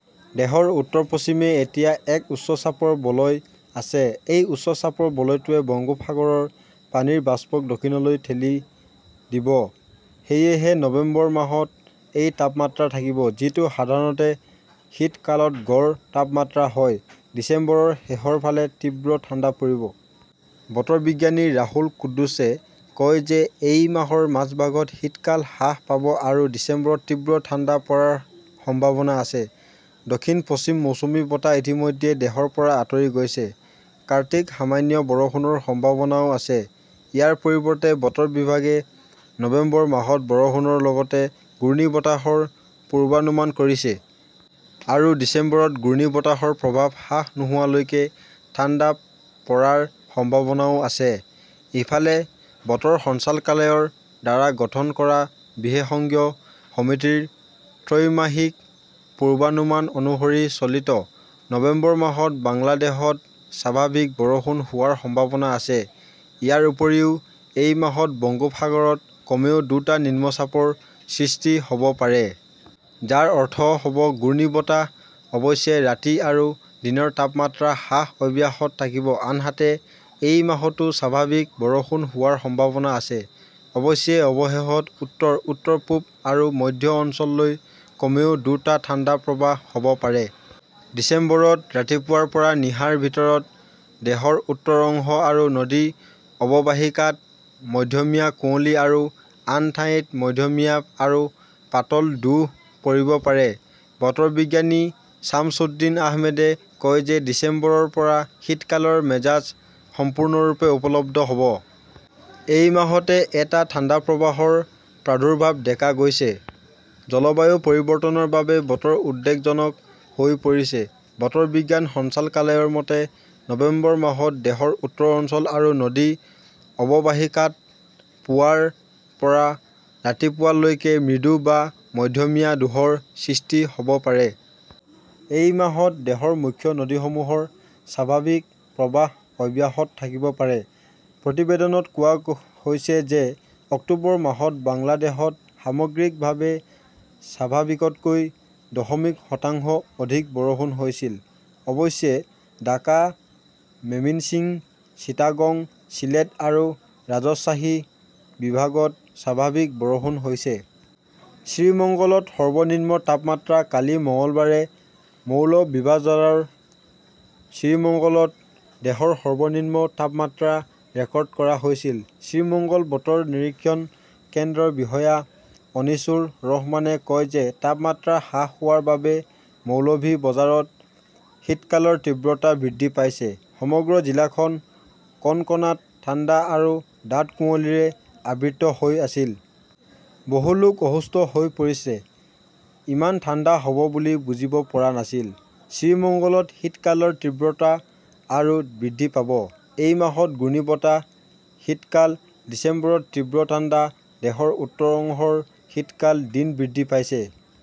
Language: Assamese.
দেশৰ উত্তৰ-পশ্চিমে এতিয়া এক উচ্চ চাপৰ বলয় আছে। এই উচ্চ চাপৰ বলয়টোৱে বংগোপসাগৰৰ পানীৰ বাষ্পক দক্ষিণলৈ ঠেলি দিব। সেয়েহে নৱেম্বৰ মাহত এই তাপমাত্ৰা থাকিব। যিটো সাধাৰণতে শীতকালত গড় তাপমাত্ৰা হয়। ডিচেম্বৰৰ শেষৰ ফালে তীব্ৰ ঠাণ্ডা পৰিব। বতৰ বিজ্ঞানী ৰাহুল কুদ্দুছে কয় যে এই মাহৰ মাজভাগত শীতকাল হ্ৰাস পাব আৰু ডিচেম্বৰত তীব্ৰ ঠাণ্ডা পৰাৰ সম্ভাৱনা আছে। দক্ষিণ-পশ্চিম মৌচুমী বতাহ ইতিমধ্যে দেশৰ পৰা আঁতৰি গৈছে। কাৰ্তিক সামান্য বৰষুণৰ সম্ভাৱনাও আছে। ইয়াৰ পৰিৱৰ্তে, বতৰ বিভাগে নৱেম্বৰ মাহত বৰষুণৰ লগতে ঘূৰ্ণীবতাহৰ পূৰ্বানুমান কৰিছে। আৰু ডিচেম্বৰত ঘূৰ্ণীবতাহৰ প্ৰভাৱ হ্ৰাস নোহোৱালৈকে ঠাণ্ডা পৰাৰ সম্ভাৱনাও আছে। ইফালে, বতৰ সঞ্চালকালয়ৰ দ্বাৰা গঠন কৰা বিশেষঙজ্ঞ সমিতিৰ ত্ৰৈমাসিক পূৰ্বানুমান অনুসৰি চলিত নৱেম্বৰ মাহত বাংলাদেশত স্বাভাৱিক বৰষুণ হোৱাৰ সম্ভাৱনা আছে। ইয়াৰ উপৰিও, এই মাহত বংগোপসাগৰত কমেও দুটা নিম্নচাপৰ সৃষ্টি হ'ব পাৰে। যাৰ অৰ্থ হʼব ঘূৰ্ণীবতাহ। অৱশ্যে, ৰাতি আৰু দিনৰ তাপমাত্ৰা হ্ৰাস অব্যাহত থাকিব। আনহাতে, এই মাহতো স্বাভাৱিক বৰষুণ হোৱাৰ সম্ভাৱনা আছে। অৱশ্যে, অৱশেষত উত্তৰ, উত্তৰ-পূব আৰু মধ্য অঞ্চললৈ কমেও দুটা ঠাণ্ডা প্ৰৱাহ হ 'ব পাৰে। ডিচেম্বৰত ৰাতিপুৱাৰ পৰা নিশাৰ ভিতৰত দেশৰ উত্তৰ অংশ আৰু নদী অৱবাহিকাত মধ্যমীয়া কুঁৱলী আৰু আন ঠাইত মধ্যমীয়া আৰু পাতল ধূস পৰিব পাৰে। বতৰ বিজ্ঞানী ছামছুদ্দিন আহমেদে কয় যে ডিচেম্বৰৰ পৰা শীতকালৰ মেজাজ সম্পূৰ্ণৰূপে উপলব্ধ হʼব। এই মাহতে এটা ঠাণ্ডা প্ৰৱাহৰ প্ৰাদুৰ্ভাৱ দেখা গৈছে। জলবায়ু পৰিৱৰ্তনৰ বাবে বতৰ উদ্বেগজনক হৈ পৰিছে। বতৰ বিজ্ঞান সঞ্চালকালয়ৰ মতে, নৱেম্বৰ মাহত দেশৰ উত্তৰ অঞ্চল আৰু নদী অৱবাহিকাত পুৱাৰ পৰা ৰাতিপুৱা লৈকে মৃদু বা মধ্যমীয়া ধূসৰ সৃষ্টি হʼব পাৰে। এই মাহত দেশৰ মুখ্য নদীসমূহৰ স্বাভাৱিক প্ৰৱাহ অব্যাহত থাকিব পাৰে। প্ৰতিবেদনত কোৱা হৈছে যে অক্টোবৰ মাহত বাংলাদেশত সামগ্ৰিকভাৱে স্বাভাৱিকতকৈ দশমিক শতাংশ অধিক বৰষুণ হৈছিল। অৱশ্যে, ঢাকা, মেমিন্সিং, চিটাগং, চিলেট আৰু ৰাজশ্বাহী বিভাগত স্বাভাৱিক বৰষুণ হৈছে। শ্ৰীমঙ্গলত সৰ্বনিম্ন তাপমাত্ৰা কালি মঙলবাৰে মৌলভিবাজাৰৰ শ্ৰীমঙ্গলত দেশৰ সৰ্বনিম্ন তাপমাত্ৰা ৰেকৰ্ড কৰা হৈছিল। শ্ৰীমঙ্গল বতৰ নিৰীক্ষণ কেন্দ্ৰৰ বিষয়া অনিছুৰ ৰহমানে কয় যে তাপমাত্ৰা হ্ৰাস হোৱাৰ বাবে মৌলভি বজাৰত শীতকালৰ তীব্ৰতা বৃদ্ধি পাইছে। সমগ্ৰ জিলাখন কনকনাত ঠাণ্ডা আৰু ডাঠ কুঁৱলীৰে আবৃত হৈ আছিল। বহু লোক অসুস্থ হৈ পৰিছে। ইমান ঠাণ্ডা হ‍ʼব বুলি বুজিব পৰা নাছিল। শ্ৰীমঙ্গলত শীতকালৰ তীব্ৰতা আৰু বৃদ্ধি পাব। এই মাহত ঘূৰ্ণীবতাহ-শীতকাল, ডিচেম্বৰত তীব্ৰ ঠাণ্ডা দেশৰ উত্তৰ অংশৰ শীতকাল দিন বৃদ্ধি পাইছে।